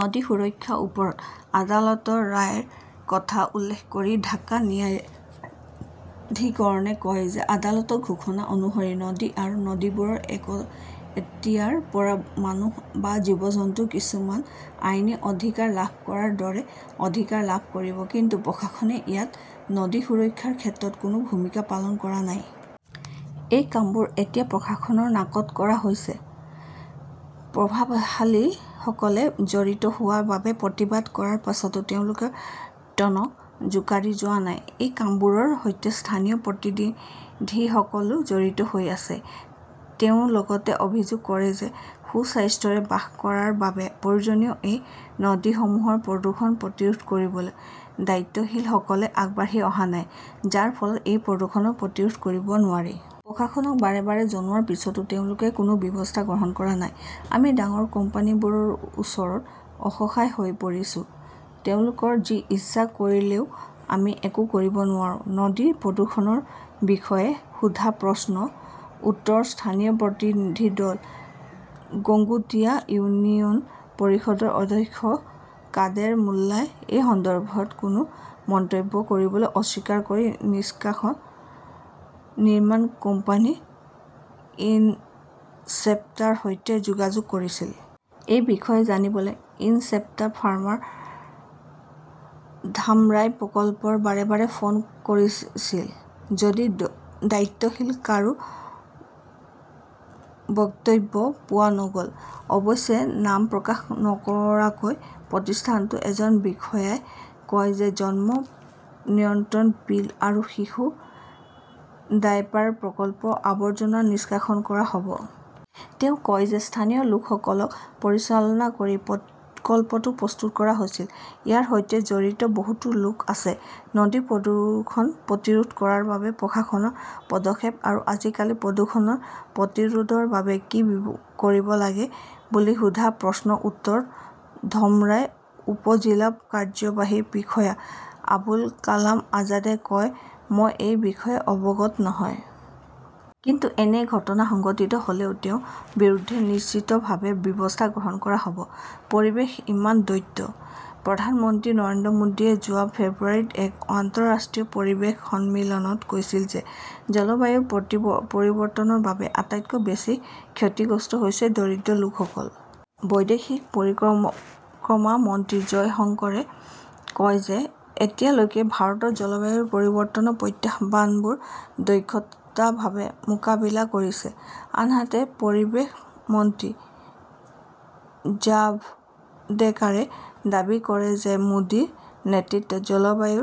নদী সুৰক্ষাৰ ওপৰত আদালতৰ ৰায়ৰ কথা উল্লেখ কৰি ঢাকা ন্যায়াধিকৰণে কয় যে আদালতৰ ঘোষণা অনুসৰি নদী আৰু নদীবোৰে এতিয়াৰ পৰা মানুহ বা জীৱ-জন্তুৰ কিছুমান আইনী অধিকাৰ লাভ কৰাৰ দৰে অধিকাৰ লাভ কৰিব। কিন্তু প্ৰশাসনে ইয়াত নদী সুৰক্ষাৰ ক্ষেত্ৰত কোনো ভূমিকা পালন কৰা নাই। এই কামবোৰ এতিয়া প্ৰশাসনৰ নাকত কৰা হৈছে। প্ৰভাৱশালীসকলে জড়িত হোৱাৰ বাবে প্ৰতিবাদ কৰাৰ পিছতো তেওঁলোকৰ টনক জোকাৰি যোৱা নাই। এই কামবোৰৰ সৈতে স্থানীয় প্ৰতিনিধিসকলো জড়িত হৈ আছে। তেওঁ লগতে অভিযোগ কৰে যে সুস্বাস্থ্যৰে বাস কৰাৰ বাবে প্ৰয়োজনীয় এই নদীসমূহৰ প্ৰদূষণ প্ৰতিৰোধ কৰিবলৈ দায়িত্বশীলসকলে আগবাঢ়ি অহা নাই, যাৰ ফলত এই প্ৰদূষণ প্ৰতিৰোধ কৰিব নোৱাৰি। প্ৰশাসনক বাৰে -বাৰে জনোৱাৰ পিছতো তেওঁলোকে কোনো ব্যৱস্থা গ্ৰহণ কৰা নাই। আমি ডাঙৰ কোম্পানীবোৰৰ ওচৰত অসহায় হৈ পৰিছোঁ, তেওঁলোকে যি ইচ্ছা কৰিলেওঁ আমি একো কৰিব নোৱাৰো। নদীৰ প্ৰদূষণৰ বিষয়ে সোধা প্ৰশ্নৰ উত্তৰত স্থানীয় প্ৰতিনিধি দল গংগুটিয়া ইউনিয়ন পৰিষদৰ অধ্যক্ষ কাদেৰ মুল্লাই এই সন্দৰ্ভত কোনো মন্তব্য কৰিবলৈ অস্বীকাৰ কৰি নিষ্কাশন নিৰ্মাণ কোম্পানী ইনচেপ্টাৰ সৈতে যোগাযোগ কৰিছিল। এই বিষয়ে জানিবলৈ ইনচেপ্টা ফাৰ্মাৰ ধামৰাই প্ৰকল্পলৈ বাৰে- বাৰে ফোন ককৰিছিল যদিও দায়িত্বশীল কাৰো বক্তব্য পোৱা নগ'ল। অৱশ্যে, নাম প্ৰকাশ নকৰাকৈ প্ৰতিষ্ঠানটোৰ এজন বিষয়াই কয় যে জন্ম নিয়ন্ত্ৰণ পিল আৰু শিশু ডায়েপাৰ প্ৰকল্পৰ আৱৰ্জনা নিষ্কাশন কৰা হ 'ব। তেওঁ কয় যে স্থানীয় লোকসকলক পৰিচালনা কৰি প্ৰকল্পটো প্ৰস্তুত কৰা হৈছিল। ইয়াৰ সৈতে জড়িত বহুতো লোক আছে। নদীৰ প্ৰদূষণ প্ৰতিৰোধ কৰাৰ বাবে প্ৰশাসনৰ পদক্ষেপ আৰু আজিকালিৰ প্ৰদূষণ প্ৰতিৰোধৰ বাবে কি কৰিব লাগে বুলি সোধা প্ৰশ্নৰ উত্তৰত ধামৰাই উপ-জিলা কাৰ্যবাহী বিষয়া আবুল কালাম আজাদে কয় মই এই বিষয়ে অৱগত নহয়। কিন্তু এনে ঘটনা সংঘটিত হ'লে তেওঁৰ বিৰুদ্ধে নিশ্চিতভাৱে ব্যৱস্থা গ্ৰহণ কৰা হ'ব। পৰিৱেশ ইমান দ্বৈত? প্ৰধানমন্ত্ৰী নৰেন্দ্ৰ মোদীয়ে যোৱা ফেব্ৰুৱাৰীত এক আন্তঃৰাষ্ট্ৰীয় পৰিৱেশ সন্মিলনত কৈছিল যে জলবায়ু পৰিৱৰ্তনৰ বাবে আটাইতকৈ বেছি ক্ষতিগ্ৰস্ত হৈছে দৰিদ্ৰ লোকসকল। বৈদেশিক পৰিক্ৰমা মন্ত্ৰী জয়শংকৰে কয় যে এতিয়ালৈকে ভাৰতে জলবায়ু পৰিৱৰ্তনৰ প্ৰত্যাহ্বানবোৰ দক্ষভাৱে মোকাবিলা কৰিছে, আনহাতে পৰিৱেশ মন্ত্ৰী জাভড়েকাৰে দাবী কৰে যে মোদীৰ নেতৃত্বত জলবায়ু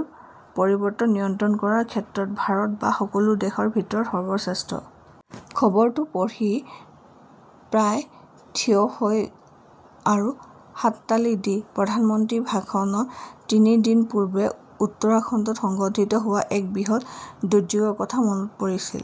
পৰিৱৰ্তন নিয়ন্ত্ৰণ কৰাৰ ক্ষেত্ৰত ভাৰত বা সকলো দেশৰ ভিতৰত সৰ্বশ্ৰেষ্ঠ। খবৰটো পঢ়ি প্ৰায় থিয় হৈ আৰু হাততালি দি প্ৰধানমন্ত্ৰীৰ ভাষণৰ তিনি দিন পূৰ্বে উত্তৰাখণ্ডত সংঘটিত হোৱা এক বৃহৎ দুৰ্যোগৰ কথা মনত পৰিছিল।